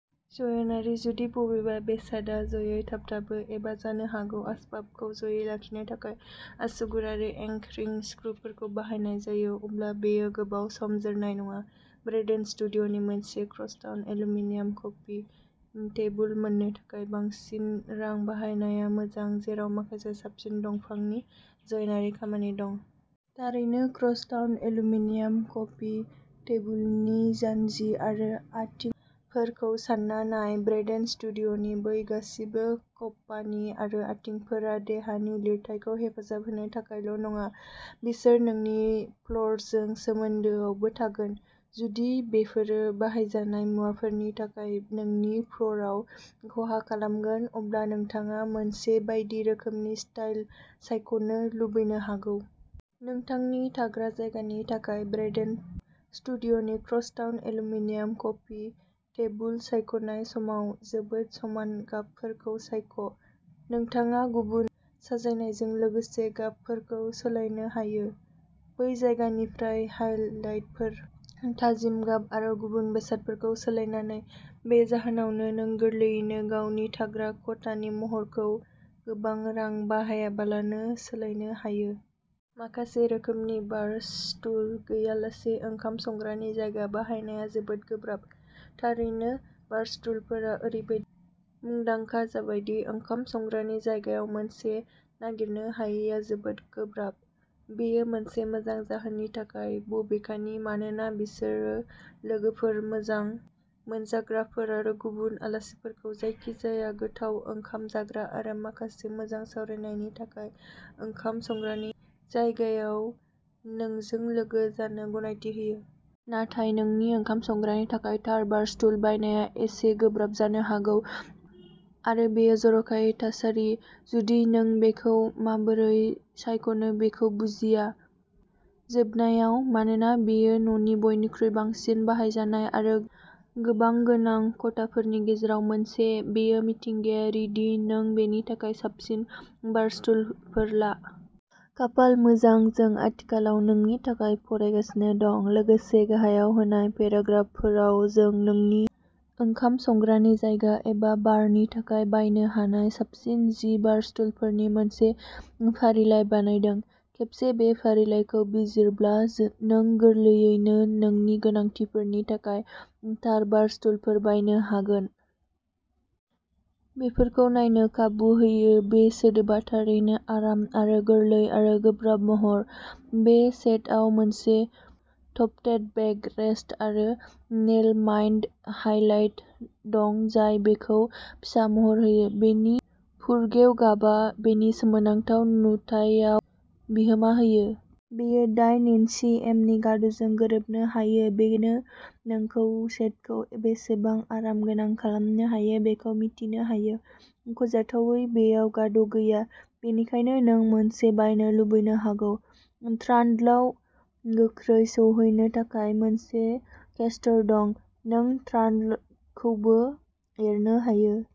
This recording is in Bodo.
ज'यनारी। जुदि बबेबा बेसादआ ज'यै थाबथाबो एबा जानो हागौ आसबाबखौ ज'यै लाखिनो थाखाय आसुगुर आरो एंकरिं स्क्रुफोरखौ बाहायनाय जायो, अब्ला बेयो गोबाव सम जोरनाय नङा। ब्रेडेन स्टुडिय'नि मोनसे क्रसटाउन एलुमिनियाम कफि टेबुल मोननो थाखाय बांसिन रां बाहायनाया मोजां, जेराव माखासे साबसिन दंफांनि ज'यनारी खामानि दं। थारैनो क्रसटाउन एलुमिनियाम कफि टेबुलनि जानजि आरो आथिंफोरखौ सान्ना नाय। ब्रेडेन स्टुडिय'नि बै गासिबो खप्पानि आरो आथिंफोरा देहानि लिरथाइखौ हेफाजाब होनो थाखायल' नङा, बिसोर नोंनि फ्ल'रजों सोमोन्दोआवबो थागोन। जुदि बेफोरो बाहायजानाय मुवाफोरनि थाखाय नोंनि फ्ल'रआव खहा खालामगोन, अब्ला नोंथाङा मोनसे बायदि रोखोमनि स्टाइल सायख'नो लुबैनो हागौ। नोंथांनि थाग्रा जायगानि थाखाय ब्रेडेन स्टुडिय'नि क्रसटाउन एलुमिनियाम कफि टेबुल सायख'नाय समाव, जोबोद समान गाबफोरखौ सायख'। नोंथाङा गुबुन साजायनायजों लोगोसे गाबफोरखौ सोलायनो हायो। बै जायगानिफ्राय हाइलाइटफोर, थाजिम गाब आरो गुबुन बेसादफोरखौ सोलायनानै। बे जाहोनावनो, नों गोरलैयैनो गावनि थाग्रा खथानि महरखौ गोबां रां बाहायालाबानो सोलायनो हायो। माखासे रोखोमनि बार स्टुल गैयालासे ओंखाम संग्रानि जायगा बानायनाया जोबोद गोब्राब। थारैनो, बारस्टुलफोरा ओरैबायदि मुंदांखा जाबाय दि ओंखाम संग्रानि जायगायाव मोनसे नागिरनो हायैआ जोबोद गोब्राब। बेयो मोनसे मोजां जाहोननि थाखाय, बबेखानि, मानोना बिसोरो लोगोफोर, मोजां मोनजाग्राफोर, आरो गुबुन आलासिफोरखौ जायखिजाया गोथाव ओंखाम जाग्रा आरो माखासे मोजां सावरायनायनि थाखाय ओंखाम संग्रानि जायगायाव नोंजों लोगो जानो गनायथि होयो। नाथाय नोंनि ओंखाम संग्रानि थाखाय थार बारस्टुल बायनाया एसे गोब्राब जानो हागौ, आरो बेयो जर'खायै थासारि, जुदि नों बेखौ माबोरै सायख'नो बेखौ बुजिया। जोबनायाव, मानोना बेयो न'नि बयनिख्रुइ बांसिन बाहायजानाय आरो गोबां गोनां खथाफोरनि गेजेराव मोनसे, बेयो मिथिंगायारि दि नों बेनि थाखाय साबसिन बार स्टुलफोर ला। खाफाल मोजां, जों आथिखालाव नोंनि थाखाय फरायगासिनो दं, लोगोसे गाहायाव होनाय पेराग्राफफोराव जों नोंनि ओंखाम संग्रानि जायगा एबा बारनि थाखाय बायनो हानाय साबसिन जि बारस्टुलफोरनि मोनसे फारिलाइ बानायदों। खेबसे बे फारिलाइखौ बिजिरब्ला, जों नों गोरलैयैनो नोंनि गोनांथिफोरनि थाखाय थार बारस्टुलफोर बायनो हागोन। बेफोरखौ नायनो खाबु होयो बे सोदोबा थारैनो आराम आरो गोरलै आरो गोब्राब महर। बे सेटाव मोनसे टफ्टेड बेक रेस्ट आरो नेल माइन्ड हाइलाइट दं जाय बेखौ फिसा महर होयो। बेनि फुरगेव गाबा बेनि सोमोनांथाव नुथायाव बिहोमा होयो। बेयो दायेन इन्सि एमनि गाद' जों गोरोबनो हायो। बेनो नोंखौ सेटखौ बेसेबां आरामगोनां खालामनो हायो बेखौ मिथिनो होयो। मख'जाथावै, बेयाव गाद' गैया। बेनिखायनो नों मोनसे बायनो लुबैनो हागौ। ट्रान्डलाव गोख्रै सौहैनो थाखाय मोनसे केस्टर दं। नों ट्रान्डलखौबो एरनो हायो।